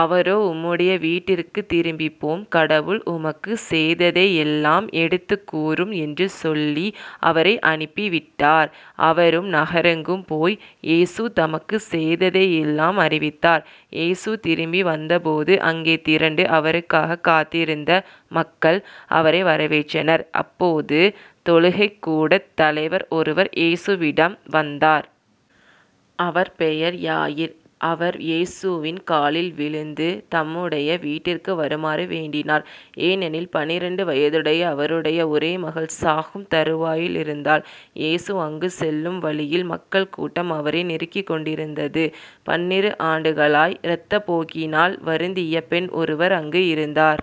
அவரோ உம்முடைய வீட்டிற்குத் திரும்பிப்போம். கடவுள் உமக்குச் செய்ததையெல்லாம் எடுத்துக்கூறும் என்று சொல்லி அவரை அனுப்பிவிட்டார். அவரும் நகரெங்கும் போய் இயேசு தமக்குச் செய்ததையெல்லாம் அறிவித்தார். இயேசு திரும்பி வந்தபோது அங்கே திரண்டு அவருக்காகக் காத்திருந்த மக்கள் அவரை வரவேற்றனர். அப்போது தொழுகைக்கூடத் தலைவர் ஒருவர் இயேசுவிடம் வந்தார். அவர் பெயர் யாயிர். அவர் இயேசுவின் காலில் விழுந்து தம்முடைய வீட்டிற்கு வருமாறு வேண்டினார். ஏனெனில் பன்னிரண்டு வயதுடைய அவருடைய ஒரே மகள் சாகும் தறுவாயிலிருந்தாள். இயேசு அங்குச் செல்லும் வழியில் மக்கள் கூட்டம் அவரை நெருக்கிக் கொண்டிருந்தது. பன்னிரு ஆண்டுகளாய் இரத்தப்போக்கினால் வருந்திய பெண் ஒருவர் அங்கு இருந்தார்.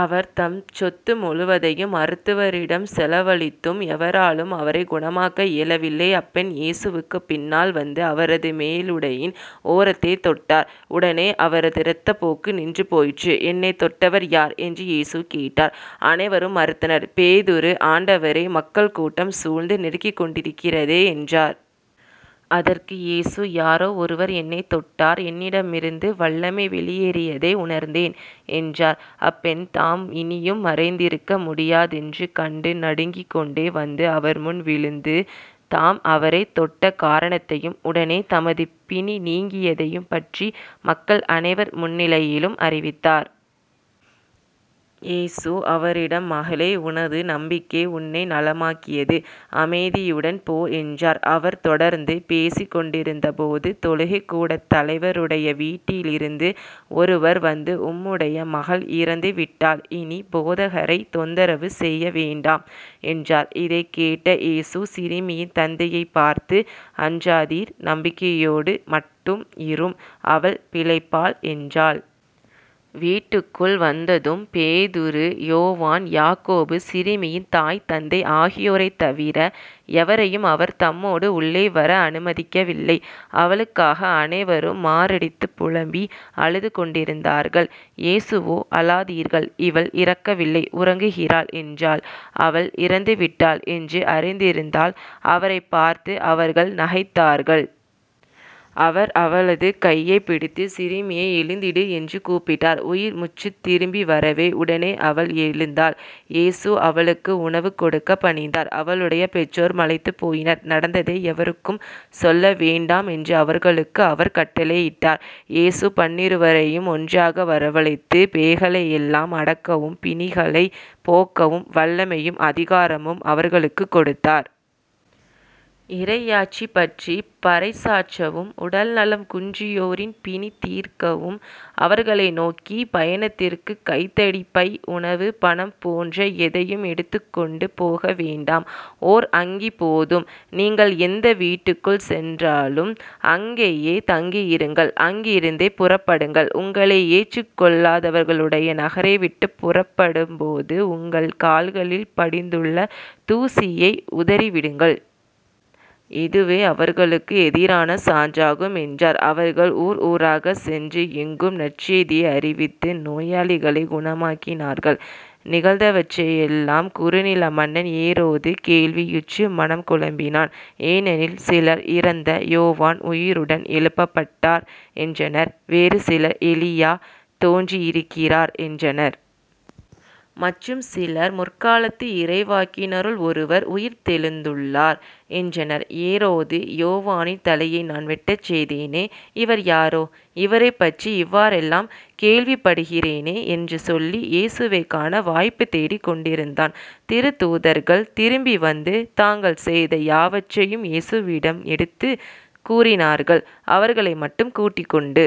அவர் தம் சொத்து முழுவதையும் மருத்துவரிடம் செலவழித்தும் எவராலும் அவரைக் குணமாக்க இயலவில்லை. அப்பெண் இயேசுவுக்குப் பின்னால் வந்து அவரது மேலுடையின் ஓரத்தைத் தொட்டார். உடனே அவரது இரத்தப்போக்கு நின்று போயிற்று. என்னைத் தொட்டவர் யார்? என்று இயேசு கேட்டார். அனைவரும் மறுத்தனர். பேதுரு ஆண்டவரே மக்கள் கூட்டம் சூழ்ந்து நெருக்கிக்கொண்டிருக்கிறதே என்றார். அதற்கு இயேசு யாரோ ஒருவர் என்னைத் தொட்டார் என்னிடமிருந்து வல்லமை வெளியேறியதை உணர்ந்தேன் என்றார். அப்பெண்தாம் இனியும் மறைந்திருக்க முடியாதென்று கண்டு நடுங்கிக்கொண்டே வந்து அவர்முன் விழுந்து தாம் அவரைத் தொட்ட காரணத்தையும் உடனே தமது பிணி நீங்கியதையும் பற்றி மக்கள் அனைவர் முன்னிலையிலும் அறிவித்தார். இயேசு அவரிடம் மகளே உனது நம்பிக்கை உன்னை நலமாக்கியது. அமைதியுடன் போ என்றார். அவர் தொடர்ந்து பேசிக் கொண்டிருந்தபோது தொழுகைக் கூடத் தலைவருடைய வீட்டிலிருந்து ஒருவர் வந்து உம்முடைய மகள் இறந்துவிட்டாள். இனி போதகரைத் தொந்தரவு செய்ய வேண்டாம் என்றார். இதைக் கேட்ட இயேசு சிறுமியின் தந்தையைப் பார்த்து அஞ்சாதீர் நம்பிக்கையோடு மட்டும் இரும் அவள் பிழைப்பாள் என்றாள். வீட்டுக்குள் வந்ததும் பேதுரு யோவான் யாக்கோபு சிறுமியின் தாய் தந்தை ஆகியோரைத் தவிர எவரையும் அவர் தம்மோடு உள்ளே வர அனுமதிக்கவில்லை. அவளுக்காக அனைவரும் மாரடித்துப் புலம்பி அழுதுகொண்டிருந்தார்கள். இயேசுவோ அழாதீர்கள் இவள் இறக்கவில்லை உறங்குகிறாள் என்றாள். அவள் இறந்துவிட்டாள் என்று அறிந்திருந்ததால் அவரைப் பார்த்து அவர்கள் நகைத்தார்கள். அவர் அவளது கையைப் பிடித்து சிறுமியே எழுந்திடு. என்று கூப்பிட்டார். உயிர் முச்சுத் திரும்பி வரவே உடனே அவள் எழுந்தாள் இயேசு அவளுக்கு உணவு கொடுக்கப் பணித்தார். அவளுடைய பெற்றோர் மலைத்துப் போயினர். நடந்ததை எவருக்கும் சொல்லவேண்டாம் என்று அவர்களுக்கு அவர் கட்டளையிட்டார். இயேசு பன்னிருவரையும் ஒன்றாக வரவழைத்து பேய்களையெல்லாம் அடக்கவும் பிணிகளைப் போக்கவும் வல்லமையும் அதிகாரமும் அவர்களுக்குக் கொடுத்தார். இறையாட்சிபற்றிப் பறைசாற்றவும் உடல் நலம் குன்றியோரின் பிணிதீர்க்கவும் அவர்களை நோக்கி பயணத்திற்குக் கைத்தடி பை உணவு பணம் போன்ற எதையும் எடுத்துக்கொண்டு போக வேண்டாம். ஓர் அங்கி போதும். நீங்கள் எந்த வீட்டுக்குள் சென்றாலும் அங்கேயே தங்கியிருங்கள். அங்கிருந்தே புறப்படுங்கள். உங்களை ஏற்றுக் கொள்ளாதவர்களுடைய நகரைவிட்டுப் புறப்படும்போது உங்கள் கால்களில் படிந்துள்ள தூசியை உதறிவிடுங்கள். இதுவே அவர்களுக்கு எதிரான சான்றாகும் என்றார். அவர்கள் ஊர் ஊராகச் சென்று எங்கும் நற்செய்தியை அறிவித்து நோயாளிகளைக் குணமாக்கினார்கள். நிகழ்ந்தவற்றையெல்லாம் குறுநில மன்னன் ஏரோது கேள்வியுற்று மனம் குழம்பினான். ஏனெனில் சிலர் இறந்த யோவான் உயிருடன் எழுப்பப்பட்டார் என்றனர். வேறு சிலர் எலியா தோன்றியிருக்கிறார் என்றனர். மற்றும் சிலர் முற்காலத்து இறைவாக்கினருள் ஒருவர் உயிர்த்தெழுந்துள்ளார் என்றனர். ஏரோது யோவானின் தலையை நான் வெட்டச் செய்தேனே. இவர் யாரோ? இவரைப் பற்றி இவ்வாறெல்லாம் கேள்விப்படுகிறேனே. என்று சொல்லி இயேசுவைக் காண வாய்ப்புத் தேடிக் கொண்டிருந்தான். திருத்தூதர்கள் திரும்பி வந்து. தாங்கள் செய்த யாவற்றையும் இயேசுவிடம் எடுத்துக் கூறினார்கள். அவர்களை மட்டும் கூட்டிக்கொண்டு